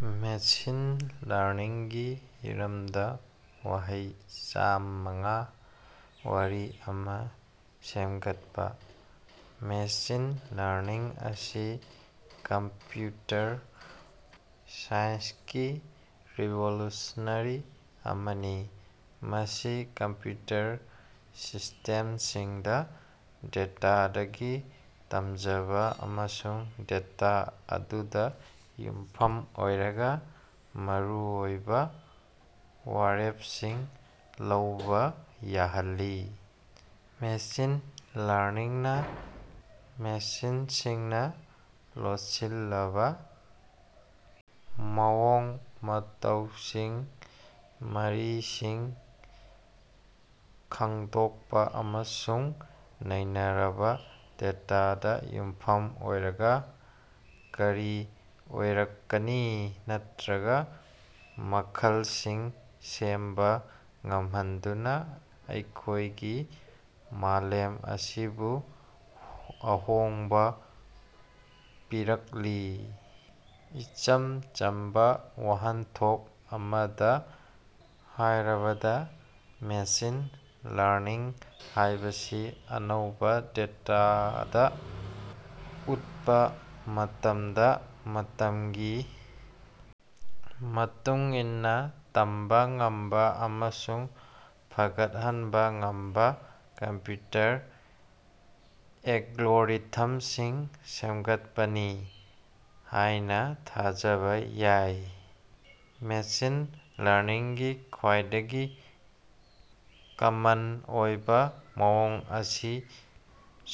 Machine ꯂꯔꯅꯤꯡꯒꯤ ꯍꯤꯔꯝꯗ ꯋꯥꯍꯩ ꯆꯝꯃꯉꯥꯒꯤ ꯋꯥꯔꯤ ꯑꯃ ꯁꯦꯝꯒꯠꯄ꯫ ꯃꯦꯁꯤꯟ ꯂꯔꯅꯤꯡ ꯑꯁꯤ ꯀꯝꯄ꯭ꯌꯨꯇꯔ ꯁꯥꯏꯟꯁꯀꯤ ꯔꯤꯚꯣꯂꯨꯁꯅꯔꯤ ꯑꯃꯅꯤ ꯃꯁꯤ ꯀꯝꯄ꯭ꯌꯨꯇꯔ ꯁꯤꯁꯇꯦꯝꯁꯤꯡꯗ ꯗꯦꯇꯥꯗꯒꯤ ꯇꯝꯖꯕ ꯑꯃꯁꯨꯡ ꯗꯦꯇꯥ ꯑꯗꯨꯗ ꯌꯨꯝꯐꯝ ꯑꯣꯏꯔꯒ ꯃꯔꯨꯑꯣꯏꯕ ꯋꯥꯔꯦꯞꯁꯤꯡ ꯂꯧꯕꯥ ꯌꯥꯍꯜꯂꯤ꯫ ꯃꯦꯁꯤꯟ ꯂꯔꯅꯤꯡꯅ ꯃꯦꯁꯤꯟꯁꯤꯡꯅ ꯂꯣꯠꯁꯤꯜꯂꯕꯥ ꯃꯑꯣꯡ ꯃꯇꯧꯁꯤꯡ ꯃꯔꯤꯁꯤꯡ ꯈꯡꯗꯣꯛꯄ ꯑꯃꯁꯨꯡ ꯅꯩꯅꯔꯕ ꯗꯦꯇꯥꯗ ꯌꯨꯝꯐꯝ ꯑꯣꯏꯔꯒ ꯀꯔꯤ ꯑꯣꯏꯔꯛꯀꯅꯤ ꯅꯠꯔꯒ ꯃꯈꯜꯁꯤꯡ ꯁꯦꯝꯕ ꯉꯝꯍꯟꯗꯨꯅ ꯑꯩꯈꯣꯢꯒꯤ ꯃꯥꯂꯦꯝ ꯑꯁꯤꯕꯨ ꯑꯍꯣꯡꯕ ꯄꯤꯔꯛꯂꯤ꯫ ꯏꯆꯝ ꯆꯝꯕ ꯋꯥꯍꯟꯊꯣꯛ ꯑꯃꯗ ꯍꯥꯢꯔꯕꯗ ꯃꯦꯁꯤꯟ ꯂꯔꯅꯤꯡ ꯍꯥꯢꯕꯁꯤ ꯑꯅꯧꯕ ꯗꯦꯇꯥꯗ ꯎꯠꯄ ꯃꯇꯝꯗ ꯃꯇꯝꯒꯤ ꯃꯇꯨꯡ ꯏꯟꯅ ꯇꯝꯕ ꯉꯝꯕ ꯑꯃꯁꯨꯡ ꯐꯒꯠꯍꯟꯕ ꯉꯝꯕ ꯀꯝꯄ꯭ꯌꯨꯇꯔ ꯑꯦꯂꯒꯣꯔꯤꯊꯝꯁꯤꯡ ꯁꯦꯝꯒꯠꯄꯅꯤ ꯍꯥꯢꯅ ꯊꯥꯖꯕ ꯌꯥꯏ꯫ ꯃꯦꯁꯤꯟ ꯂꯔꯅꯤꯡꯒꯤ ꯈ꯭ꯋꯥꯏꯗꯒꯤ ꯀꯃꯟ ꯑꯣꯏꯕ ꯃꯑꯣꯡ ꯑꯁꯤ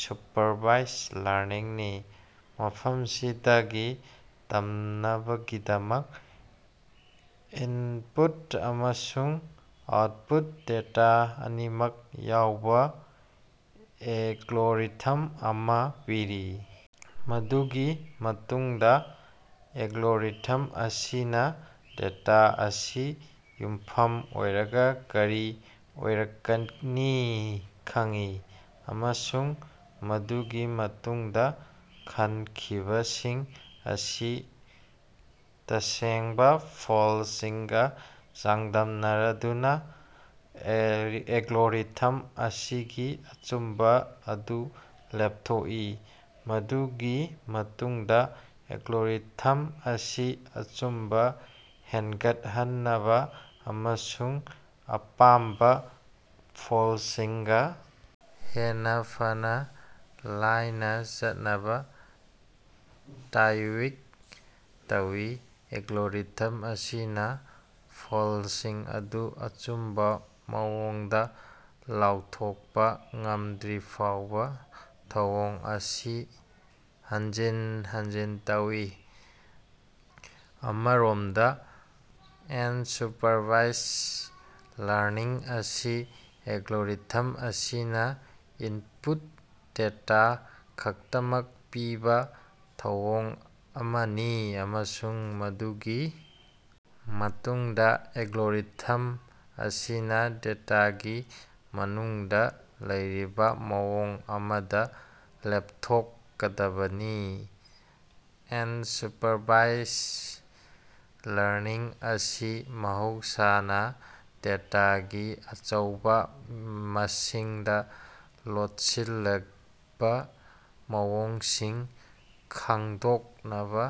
ꯁꯨꯄꯔꯚꯥꯏꯖ ꯂꯔꯅꯤꯡꯅꯤ ꯃꯐꯝꯁꯤꯗꯒꯤ ꯇꯝꯅꯕꯒꯤꯗꯃꯛ ꯏꯅꯄꯨꯠ ꯑꯃꯁꯨꯡ ꯑꯥꯎꯠꯄꯨꯠ ꯗꯦꯇꯥ ꯑꯅꯤꯃꯛ ꯌꯥꯎꯕ ꯑꯦꯂꯒꯣꯔꯤꯊꯝ ꯑꯃ ꯄꯤꯔꯤ꯫ ꯃꯗꯨꯒꯤ ꯃꯇꯨꯡꯗ ꯑꯦꯂꯒꯣꯔꯤꯊꯝ ꯑꯁꯤꯅ ꯗꯦꯇꯥ ꯑꯁꯤ ꯌꯨꯝꯐꯝ ꯑꯣꯏꯔꯒ ꯀꯔꯤ ꯑꯣꯏꯔꯛꯀꯅꯤ ꯈꯪꯏ ꯑꯃꯁꯨꯡ ꯃꯗꯨꯒꯤ ꯃꯇꯨꯡꯗ ꯈꯟꯈꯤꯕꯁꯤꯡ ꯑꯁꯤ ꯇꯁꯦꯡꯕ ꯐꯜꯁꯤꯡꯒ ꯆꯥꯡꯗꯝꯅꯔꯗꯨꯅ ꯑꯦꯂꯒꯣꯔꯤꯊꯝ ꯑꯁꯤꯒꯤ ꯑꯆꯨꯝꯕ ꯑꯗꯨ ꯂꯦꯞꯊꯣꯛꯏ꯫ ꯃꯗꯨꯒꯤ ꯃꯇꯨꯡꯗ ꯑꯦꯂꯒꯣꯔꯤꯊꯝ ꯑꯁꯤ ꯑꯆꯨꯝꯕ ꯍꯦꯟꯒꯠꯍꯟꯅꯕ ꯑꯃꯁꯨꯡ ꯑꯄꯥꯝꯕ ꯐꯜꯁꯤꯡꯒ ꯍꯦꯟꯅ ꯐꯅ ꯂꯥꯏꯅ ꯆꯠꯅꯕ ꯇ꯭ꯌꯨꯏꯛ ꯇꯧꯏ꯫ ꯑꯦꯂꯒꯣꯔꯤꯊꯝ ꯑꯁꯤꯅꯥ ꯐꯜꯁꯤꯡ ꯑꯗꯨ ꯑꯆꯨꯝꯕ ꯃꯑꯣꯡꯗ ꯂꯥꯎꯊꯣꯛꯄ ꯉꯝꯗ꯭ꯔꯤꯐꯥꯎꯕ ꯊꯧꯑꯣꯡ ꯑꯁꯤ ꯍꯟꯖꯤꯟ ꯍꯟꯖꯤꯟ ꯇꯧꯏ꯫ ꯑꯃꯔꯣꯝꯗ ꯑꯟꯁꯨꯄꯔꯚꯥꯏꯖ ꯂꯔꯅꯤꯡ ꯑꯁꯤ ꯑꯦꯂꯒꯣꯔꯤꯊꯝ ꯑꯁꯤꯅ ꯏꯟꯄꯨꯠ ꯗꯦꯇꯥ ꯈꯛꯇꯃꯛ ꯄꯤꯕꯥ ꯊꯧꯑꯣꯡ ꯑꯃꯅꯤ ꯑꯃꯁꯨꯡ ꯃꯗꯨꯒꯤ ꯃꯇꯨꯡꯗ ꯑꯦꯂꯒꯣꯔꯤꯊꯝ ꯑꯁꯤꯅ ꯗꯦꯇꯥꯒꯤ ꯃꯅꯨꯡꯗ ꯂꯩꯔꯤꯕ ꯃꯑꯣꯡ ꯑꯃꯗ ꯂꯦꯞꯊꯣꯛꯀꯗꯕꯅꯤ꯫ ꯑꯦꯟꯁꯨꯄꯔꯚꯥꯏꯖ ꯂꯔꯅꯤꯡ ꯑꯁꯤ ꯃꯍꯧꯁꯥꯅꯥ ꯗꯦꯇꯥꯒꯤ ꯑꯆꯧꯕꯥ ꯃꯁꯤꯡꯗ ꯂꯣꯠꯁꯤꯜꯂꯕ ꯃꯑꯣꯡꯁꯤꯡ ꯈꯡꯗꯣꯛꯅꯕꯥ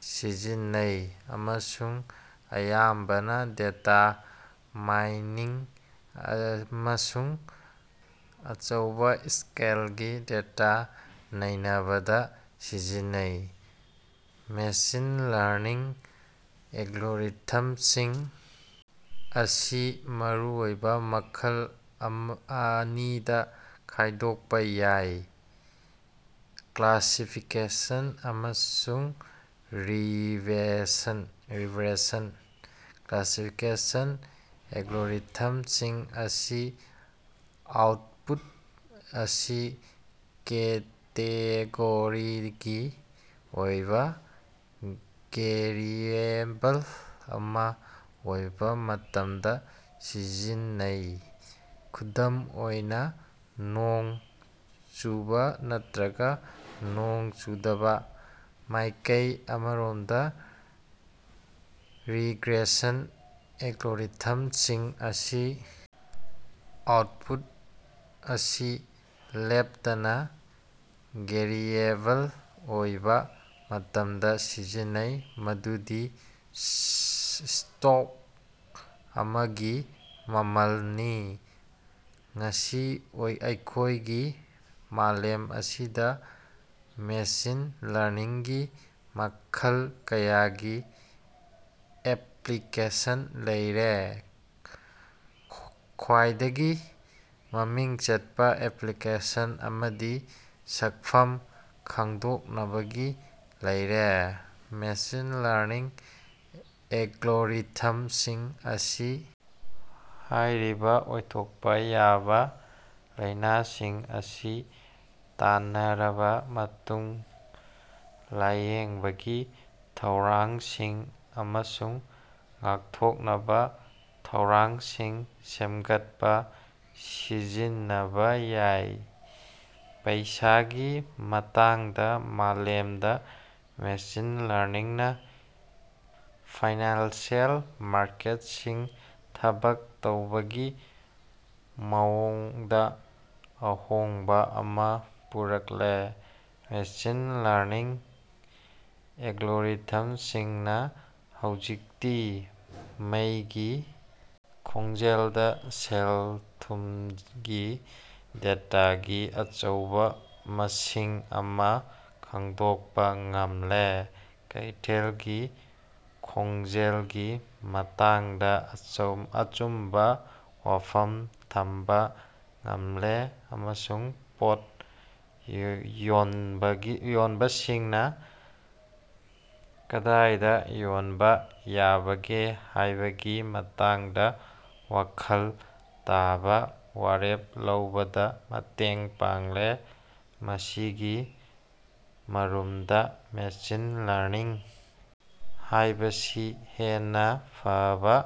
ꯁꯤꯖꯤꯟꯅꯩ ꯑꯃꯁꯨꯡ ꯑꯌꯥꯝꯕꯅ ꯗꯦꯇꯥ ꯃꯥꯏꯅꯤꯡ ꯑꯑꯃꯁꯨꯡ ꯑꯆꯧꯕꯥ ꯁ꯭ꯀꯦꯜꯒꯤ ꯗꯦꯇꯥ ꯅꯩꯅꯕꯗ ꯁꯤꯖꯤꯟꯅꯩ꯫ ꯃꯦꯁꯤꯟ ꯂꯔꯅꯤꯡ ꯑꯦꯂꯒꯣꯔꯤꯊꯝꯁꯤꯡ ꯑꯁꯤ ꯃꯔꯨꯑꯣꯏꯕ ꯃꯈꯜ ꯑꯅꯤꯗ ꯈꯥꯢꯗꯣꯛꯄ ꯌꯥꯏ ꯀ꯭ꯂꯥꯁꯤꯐꯤꯀꯦꯁꯟ ꯑꯃꯁꯨꯡ ꯔꯤꯒ꯭ꯔꯦꯁꯟ ꯔꯤꯀ꯭ꯔꯦꯁꯟ꯫ ꯀ꯭ꯂꯥꯁꯤꯐꯤꯀꯦꯁꯟ ꯑꯦꯂꯒꯣꯔꯤꯊꯝꯁꯤꯡ ꯑꯁꯤ ꯑꯥꯎꯠꯄꯨꯠ ꯑꯁꯤ ꯀꯦꯇꯦꯒꯣꯔꯤꯒꯤ ꯑꯣꯏꯕꯥ ꯒꯦꯔꯤꯑꯦꯕꯜ ꯑꯃ ꯑꯣꯏꯕ ꯃꯇꯝꯗ ꯁꯤꯖꯤꯟꯅꯩ ꯈꯨꯗꯝ ꯑꯣꯏꯅꯥ ꯅꯣꯡ ꯆꯨꯕꯥ ꯅꯠꯇ꯭ꯔꯒ ꯅꯣꯡ ꯆꯨꯗꯕꯥ꯫ ꯃꯥꯢꯀꯩ ꯑꯃꯔꯣꯝꯗ ꯔꯤꯒ꯭ꯔꯦꯁꯟ ꯑꯦꯂꯒꯣꯔꯤꯊꯝꯁꯤꯡ ꯑꯁꯤ ꯑꯥꯎꯠꯄꯨꯠ ꯑꯁꯤ ꯂꯦꯞꯇꯅ ꯒꯦꯔꯤꯑꯦꯕꯜ ꯑꯣꯏꯕ ꯃꯇꯝꯗ ꯁꯤꯖꯤꯟꯅꯩ ꯃꯗꯨꯗꯤ ꯁ꯭ꯇꯣꯛ ꯑꯃꯒꯤ ꯃꯃꯜꯅꯤ꯫ ꯉꯁꯤ ꯑꯣꯢ ꯑꯩꯈꯣꯢꯒꯤ ꯃꯥꯂꯦꯝ ꯑꯁꯤꯗ ꯃꯦꯁꯤꯟ ꯂꯔꯅꯤꯡꯒꯤ ꯃꯈꯜ ꯀꯌꯥꯒꯤ ꯑꯦꯞꯄ꯭ꯂꯤꯀꯦꯁꯟ ꯂꯩꯔꯦ꯫ ꯈ꯭ꯋꯥꯏꯗꯒꯤ ꯃꯃꯤꯡ ꯆꯠꯄ ꯑꯦꯞꯄ꯭ꯂꯤꯀꯦꯁꯟ ꯑꯃꯗꯤ ꯁꯛꯐꯝ ꯈꯪꯗꯣꯛꯅꯕꯒꯤ ꯂꯩꯔꯦ꯫ ꯃꯦꯁꯤꯟ ꯂꯔꯅꯤꯡ ꯑꯦꯂꯒꯣꯔꯤꯊꯝꯁꯤꯡ ꯑꯁꯤ ꯍꯥꯢꯔꯤꯕ ꯑꯣꯏꯊꯣꯛꯄ ꯌꯥꯕ ꯂꯩꯅꯁꯤꯡ ꯑꯁꯤ ꯇꯥꯟꯅꯔꯕ ꯃꯇꯨꯡ ꯂꯥꯌꯦꯡꯕꯒꯤ ꯊꯧꯔꯥꯡꯁꯤꯡ ꯑꯃꯁꯨꯡ ꯉꯥꯛꯊꯣꯛꯅꯕ ꯊꯧꯔꯥꯡꯁꯤꯡ ꯁꯦꯝꯒꯠꯄ ꯁꯤꯖꯤꯟꯅꯕꯥ ꯌꯥꯢ꯫ ꯄꯩꯁꯥꯒꯤ ꯃꯇꯥꯡꯗ ꯃꯥꯂꯦꯝꯗ ꯃꯦꯁꯤꯟ ꯂꯔꯅꯤꯡꯅ ꯐꯥꯏꯅꯥꯟꯁꯤꯑꯦꯜ ꯃꯥꯔꯀꯦꯠꯁꯤꯡ ꯊꯕꯛ ꯇꯧꯕꯒꯤ ꯃꯑꯣꯡꯗ ꯑꯍꯣꯡꯕ ꯑꯃ ꯄꯨꯔꯛꯂꯦ꯫ ꯃꯦꯁꯤꯟ ꯂꯔꯅꯤꯡ ꯑꯦꯂꯒꯣꯔꯤꯊꯝꯁꯤꯡꯅ ꯍꯧꯖꯤꯛꯇꯤ ꯃꯩꯒꯤ ꯈꯣꯡꯖꯦꯜꯗ ꯁꯦꯜ-ꯊꯨꯝꯒꯤ ꯗꯦꯇꯥꯒꯤ ꯑꯆꯧꯕ ꯃꯁꯤꯡ ꯑꯃ ꯈꯪꯗꯣꯛꯄ ꯉꯝꯂꯦ ꯀꯩꯊꯦꯜꯒꯤ ꯈꯣꯡꯖꯦꯜꯒꯤ ꯃꯇꯥꯡꯗ ꯑꯆꯝ ꯑꯆꯨꯝꯕ ꯋꯥꯐꯝ ꯊꯝꯕ ꯉꯝꯂꯦ ꯑꯃꯁꯨꯡ ꯄꯣꯠ ꯌꯣꯟ ꯌꯣꯟꯕꯁꯤꯡꯅ ꯀꯗꯥꯏꯗ ꯌꯣꯟꯕ ꯌꯥꯕꯒꯦ ꯍꯥꯢꯕꯒꯤ ꯃꯇꯥꯡꯗ ꯋꯥꯈꯜ ꯇꯥꯕ ꯋꯥꯔꯦꯞ ꯂꯧꯕꯗ ꯃꯇꯦꯡ ꯄꯥꯡꯂꯦ꯫ ꯃꯁꯤꯒꯤ ꯃꯔꯨꯝꯗ ꯃꯦꯁꯤꯟ ꯂꯔꯅꯤꯡ ꯍꯥꯢꯕꯁꯤ ꯍꯦꯟꯅ ꯐꯕ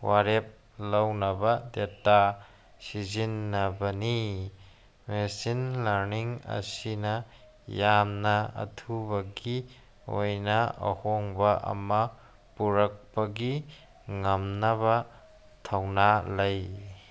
ꯋꯥꯔꯦꯞ ꯂꯧꯅꯕ ꯗꯦꯇꯥ ꯁꯤꯖꯤꯟꯅꯕꯅꯤ꯫ ꯃꯦꯁꯤꯟ ꯂꯔꯅꯤꯡ ꯑꯁꯤꯅ ꯌꯥꯝꯅ ꯑꯊꯨꯕꯒꯤ ꯑꯣꯏꯅ ꯑꯍꯣꯡꯕ ꯑꯃ ꯄꯨꯔꯛꯄꯒꯤ ꯉꯝꯅꯕ ꯊꯧꯅ ꯂꯩ꯫